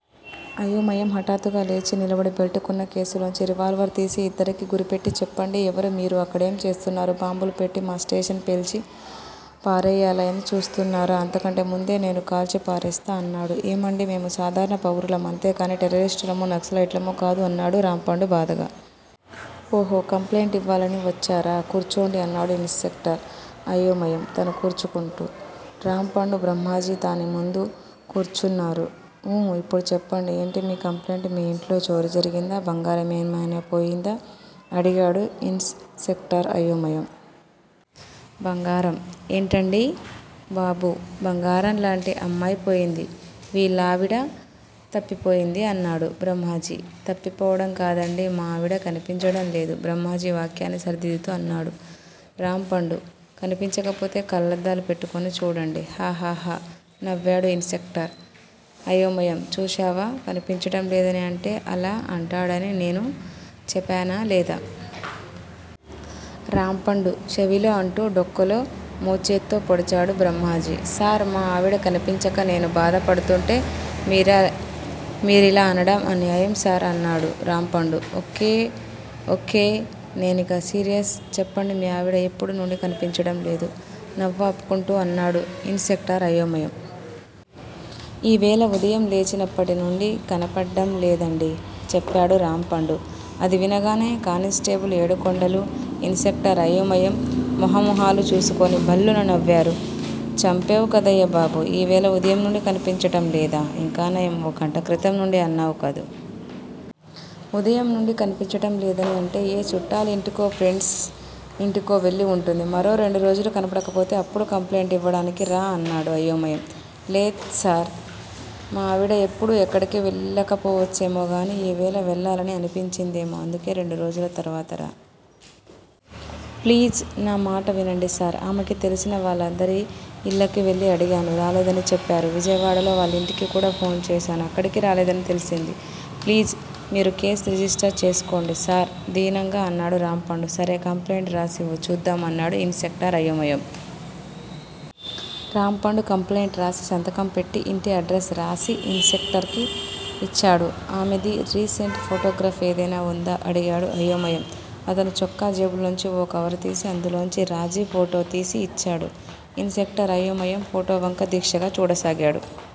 అయోమయం హాఠాత్తుగా లేచి నిలబడి బెల్టుకున్న కేసులోంచి రివాల్వర్ తీసి ఇద్దరకీ గురిపెట్టి చెప్పండి ఎవరు మీరు? అక్కడేం చేస్తున్నారు? బాంబులు పెట్టి మా స్టేషన్ని పేల్చి పారేయ్యాలని చూస్తున్నారా? అంతకంటే ముందే నేను కాల్చి పారేస్తా అన్నాడు. ఏమండీ మేము సాధారణ పౌరులం అంతేకానీ టెర్రరిస్టులమో, నక్సలైట్లమో కాదు అన్నాడు రాంపండు బాధగా. ఓహొ కంప్లైంట్ యివ్వాలని వచ్చారా? కూర్చోండి అన్నాడు ఇన్స్ సెక్టార్ అయోమయం తను కూర్చుంటూ. రాంపండు, బ్రహ్మాజీ తాని ముందు కూర్చ్గున్నారు. ఊ ఇప్పుడు చెప్పండి ఏంటి మీ కంప్లైంట్? మీ ఇంట్లో చోరీ జరిగిందా? బంగారం ఏమైనా పోయిందా? అడిగాడు ఇన్స్ సెక్టార్ అయోమయం. బంగారం ఏంటండీ బాబూ! బంగారంలాంటి అమ్మాయ్ పోయింది. వీళ్ళా విడ తప్పిపోయింది అన్నాడు బ్రహ్మాజీ. తప్పిపోవడం కాదండీ! మా ఆవిడా కనిపించటంలేదు బ్రహ్మాజీ వాక్యాన్ని సరిదిద్దుతూ అన్నాడు రాంపండు. కనిపించకపోతే కళ్ళద్దాలు పెట్టుకుని చూడండి. హహహ నవ్వాడు ఇన్స్ సెక్టార్ అయోమయం చూశావా! కనిపించటం లేదని అంటే అలా అంటాడని నేను చేపానా లేదా? రాంపండు చెవిలో అంటూ డొక్కలో మోచేత్తో పొడిచాడు బ్రహ్మాజీ. సార్! మా ఆవిడ కనిపించక నేను బాధ పడుతుంటే మీరిలా అనడం అన్యాయం సార్ అన్నాడు రాంపండు. ఒక్కే ఒక్కే నేనిక సీరియస్! చెప్పండి మీ ఆవిడా ఎప్పుడు నుండి కనిపించడంలేదు? నవ్వాపుకుంటూ అన్నాడు ఇన్స్ సెక్టార్ అయోమయం. ఈ వేళ ఉదయం లేచినప్పటినుండీ కనపడ్డంలేదండీ చెప్పాడు రాంపండు. అది వినగానే కాని స్టేబుల్ ఏడుకొండలూ, ఇన్స్ సెక్టార్ అయోమయం మోహమోహాలు చూసుకుని భళ్ళున నవ్వారు. చంపేవ్ కదయ్యా బాబూ! ఈ వేళ ఉదయం నుండి కనిపించటంలేదా? ఇంకానయం. ఓ గంట క్రితం నుండి అన్నావ్ కాదు. ఉదయం నుండీ కనిపించడం లేదని అంటే ఏ చూట్టాలింటికో, ప్రెండ్స్ యింటికో వెళ్ళి వుంటుంది. మరో రెండురోజులు కనబడకపోతే అప్పుడు కంప్లైంటు యివ్వడానికి రా అన్నాడు అయోమయం. లేద్సార్! మా ఆవిడ ఎప్పుడు ఎక్కడికీ వెళ్ళకపోవచ్చేమోగానీ ఈ వేళ వెళ్ళాలని అనిపించిందేమో. అందుకే రెండు రోజుల తర్వాత రా. ప్లీజ్! న మాట వినండి సార్! ఆమెకి తెలిసిన వాళ్ళందరి ఇళ్ళకి వెళ్ళి అడిగాను. రాలేదని చెప్పారు. విజయవాడలో వాళ్ళింటికి కూడా ఫోన్ చేశాను. అక్కడకీ రాలేదని తెల్సింది. ప్లీజ్! మీరు కేస్ రిజిస్టర్ చేసుకోండి సార్ దీనంగా అన్నాడు రాంపండు. సరే! కంప్లెయింట్ రాసివ్వు చూద్దాం అన్నాడు ఇన్స్ సెక్టార్ అయోమయం. రాంపండు కంప్లైంట్ రాసి సంతకం పెట్టి ఇంటి ఆడ్రస్ రాసి ఇన్ సెక్టర్ కి యిచ్చాడు. ఆమెది రీ సెంట్ ఫోటోగ్రాఫ్ ఏదైనా వుందా? అడిగాడు అయోమయం. అతను చొక్కా జేబులోంచి ఓ కవరు తీసి అందులోంచి రాజీ ఫోటోతీసి యిచ్చాడు. ఇన్స్ సెక్టార్ అయోమయం ఫోటోవంక దీక్షగా చూడసాగాడు.